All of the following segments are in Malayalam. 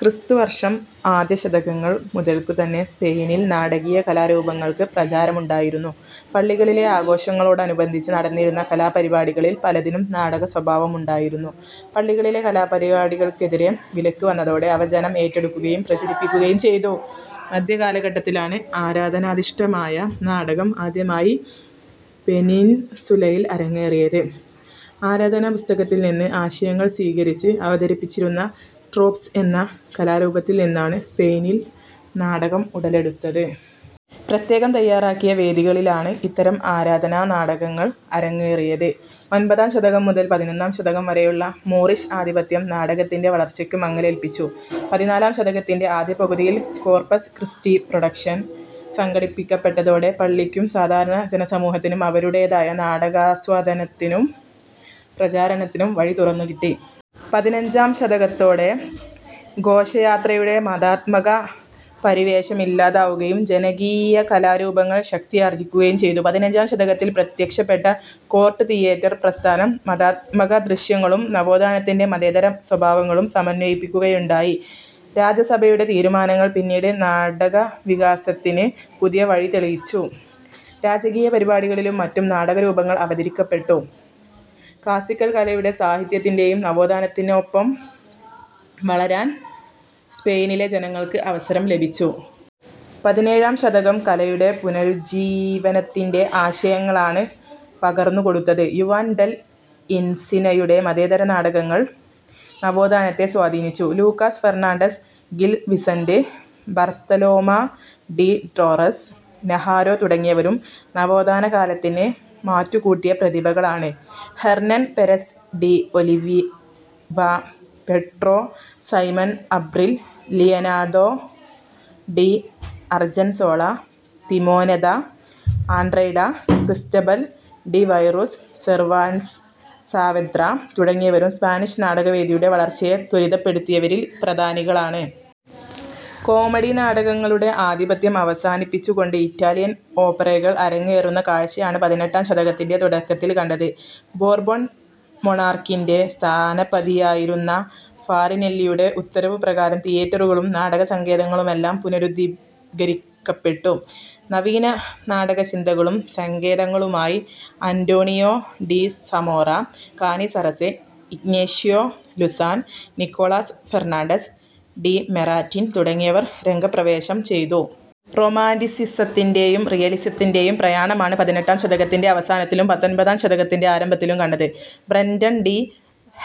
ക്രിസ്തുവർഷം ആദ്യശതകങ്ങൾ മുതൽക്കുതന്നെ സ്പെയിനിൽ നാടകീയ കലാരൂപങ്ങൾക്ക് പ്രചാരമുണ്ടായിരുന്നു. പള്ളികളിലെ ആഘോഷങ്ങളോടനുബന്ധിച്ച് നടന്നിരുന്ന കലാപരിപാടികളിൽ പലതിനും നാടകസ്വഭാവമുണ്ടായിരുന്നു. പള്ളികളിലെ കലാപരിപാടികൾക്കെതിരെ വിലക്ക് വന്നതോടെ, അവ ജനം ഏറ്റെടുക്കുകയും പ്രചരിപ്പിക്കുകയും ചെയ്തു. മധ്യകാലഘട്ടത്തിലാണ് ആരാധനാധിഷ്ഠിതമായ നാടകം ആദ്യമായി പെനിൻസുലയിൽ അരങ്ങേറിയത്. ആരാധനാപുസ്തകത്തിൽനിന്ന് ആശയങ്ങൾ സ്വീകരിച്ച് അവതരിപ്പിച്ചിരുന്ന ട്രോപ്സ് എന്ന കലാരൂപത്തിൽനിന്നാണ് സ്പെയിനിൽ നാടകം ഉടലെടുത്തത്. പ്രത്യേകം തയ്യാറാക്കിയ വേദികളിലാണ് ഇത്തരം ആരാധനാ നാടകങ്ങൾ അരങ്ങേറിയത്. ഒൻപതാം ശതകം മുതൽ പതിനൊന്നാം ശതകം വരെയുള്ള മൂറിഷ് ആധിപത്യം നാടകത്തിൻ്റെ വളർച്ചക്ക് മങ്ങലേൽപ്പിച്ചു. പതിനാലാം ശതകത്തിൻ്റെ ആദ്യപകുതിയിൽ കോർപ്പസ് ക്രിസ്റ്റി പ്രൊഡക്ഷൻ സംഘടിപ്പിക്കപ്പെട്ടതോടെ, പള്ളിക്കും സാധാരണ ജനസമൂഹത്തിനും അവരുടേതായ നാടകാസ്വാദത്തിനും പ്രചരണത്തിനും വഴി തുറന്നുകിട്ടി. പതിനഞ്ചാം ശതകത്തോടെ, ഘോഷയാത്രയുടെ മതാത്മക പരിവേഷം ഇല്ലാതാവുകയും ജനകീയകലാരൂപങ്ങൾ ശക്തിയാർജിക്കുകയും ചെയ്തു. പതിനഞ്ചാം ശതകത്തിൽ പ്രത്യക്ഷപ്പെട്ട കോർട്ട് തിയേറ്റർ പ്രസ്ഥാനം മതാത്മകദൃശ്യങ്ങളും നവോത്ഥാനത്തിൻ്റെ മതേതര സ്വഭാവങ്ങളും സമന്വയിപ്പിക്കുകയുണ്ടായി. രാജസഭയുടെ തീരുമാനങ്ങൾ, പിന്നീട് നാടകവികാസത്തിന് പുതിയ വഴി തെളിച്ചു. രാജകീയ പരിപാടികളിലും മറ്റും നാടകരൂപങ്ങൾ അവതരിക്കപ്പെട്ടു. ക്ലാസ്സിക്കൽ കലയുടെയും സാഹിത്യത്തിൻ്റെയും നവോത്ഥാനത്തിനൊപ്പം വളരാൻ സ്പെയിനിലെ ജനങ്ങൾക്ക് അവസരം ലഭിച്ചു. പതിനേഴാം ശതകം, കലയുടെ പുനരുജ്ജീവനത്തിൻ്റെ ആശയങ്ങളാണ് പകർന്നു കൊടുത്തത്. യുവാൻ ഡെൽ ഇൻസിനയുടെ മതേതര നാടകങ്ങൾ നവോത്ഥാനത്തെ സ്വാധീനിച്ചു. Lucas Fernandez, Gil Vicente, Bartolome de Torres Naharro തുടങ്ങിയവരും നവോത്ഥാനകാലത്തിന് മാറ്റു കൂട്ടിയ പ്രതിഭകളാണ്. Hernan Perez de Oliva, Pedro Simon Abril, Leonardo de Argensola, Timoneda, Artieda, Cristobal de Virues, Cervantes Saavedra തുടങ്ങിയവരും സ്പാനിഷ് നാടകവേദിയുടെ വളർച്ചയെ ത്വരിതപ്പെടുത്തിയവരിൽ പ്രധാനികളാണ്. കോമഡി നാടകങ്ങളുടെ ആധിപത്യം അവസാനിപ്പിച്ചുകൊണ്ട് ഇറ്റാലിയൻ ഓപ്പറെകൾ അരങ്ങേറുന്ന കാഴ്ചയാണ് പതിനെട്ടാം ശതകത്തിൻ്റെ തുടക്കത്തിൽ കണ്ടത്. ബോർബോൺ മൊണാർക്കിൻ്റെ സ്ഥാനപതിയായിരുന്ന ഫാറിനെല്ലിയുടെ ഉത്തരവുപ്രകാരം തിയേറ്ററുകളും നാടകസങ്കേതങ്ങളുമെല്ലാം പുനരുദ്ധീകരിക്കപ്പെട്ടു. നവീന നാടകചിന്തകളും സങ്കേതങ്ങളുമായി Antonio de Zamora, Canizares, Ignacio Luzan, Nicolas Fernandez de Moratin തുടങ്ങിയവർ രംഗപ്രവേശം ചെയ്തു. റൊമാന്റിസിസത്തിൻ്റെയും റിയലിസത്തിൻ്റെയും പ്രയാണമാണ് പതിനെട്ടാം ശതകത്തിൻ്റെ അവസാനത്തിലും പത്തൊൻപതാം ശതകത്തിൻ്റെ ആരംഭത്തിലും കണ്ടത്. Breton de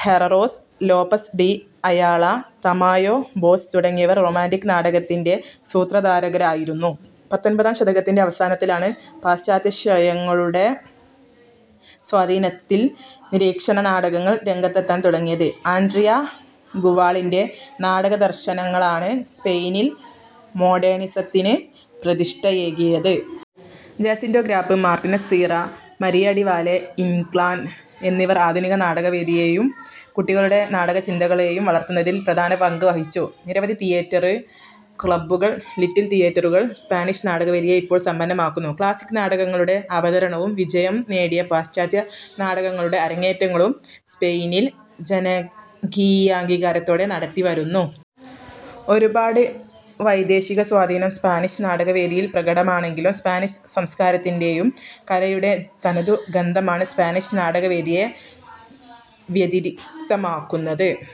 Herreros, Lopez de Ayala, Tamayo Baus തുടങ്ങിയവർ റൊമാന്റിക് നാടകത്തിൻ്റെ സൂത്രധാരകരായിരുന്നു പത്തൊൻപതാം ശതകത്തിൻ്റെ അവസാനത്തിലാണ്, പാശ്ചാത്യാശയങ്ങളുടെ സ്വാധീനത്തിൽ നിരീക്ഷണനാടകങ്ങൾ രംഗത്തെത്താൻ തുടങ്ങിയത്. ആൻട്രിയാ ഗുവാളിൻ്റെ നാടകദർശനങ്ങളാണ് സ്പെയിനിൽ മോഡേണിസത്തിന് പ്രതിഷ്ഠയേകിയത്. Jacinto Grau, Martinez Sierra, Maria de Valle Inclan എന്നിവർ ആധുനിക നാടകവേദിയെയും കുട്ടികളുടെ നാടകചിന്തകളെയും വളർത്തുന്നതിൽ പ്രധാന പങ്ക് വഹിച്ചു. നിരവധി തിയേറ്റർ ക്ലബ്ബുകളും ലിറ്റിൽ തിയേറ്ററുകളും സ്പാനിഷ് നാടകവേദിയെ ഇപ്പോൾ സമ്പന്നമാക്കുന്നു. ക്ലാസ്സിക് നാടകങ്ങളുടെ അവതരണവും വിജയം നേടിയ പാശ്ചാത്യ നാടകങ്ങളുടെ അരങ്ങേറ്റങ്ങളും സ്പെയിനിൽ ജനകീയാംഗീകാരത്തോടെ നടത്തിവരുന്നു. ഒരുപാട് വൈദേശിക സ്വാധീനം സ്പാനിഷ് നാടകവേദിയിൽ പ്രകടമാണെങ്കിലും, സ്പാനിഷ് സംസ്കാരത്തിൻ്റെയും കലയുടെയും തനതു ഗന്ധമാണ് സ്പാനിഷ് നാടകവേദിയെ വ്യതിരിക്തമാക്കുന്നത്.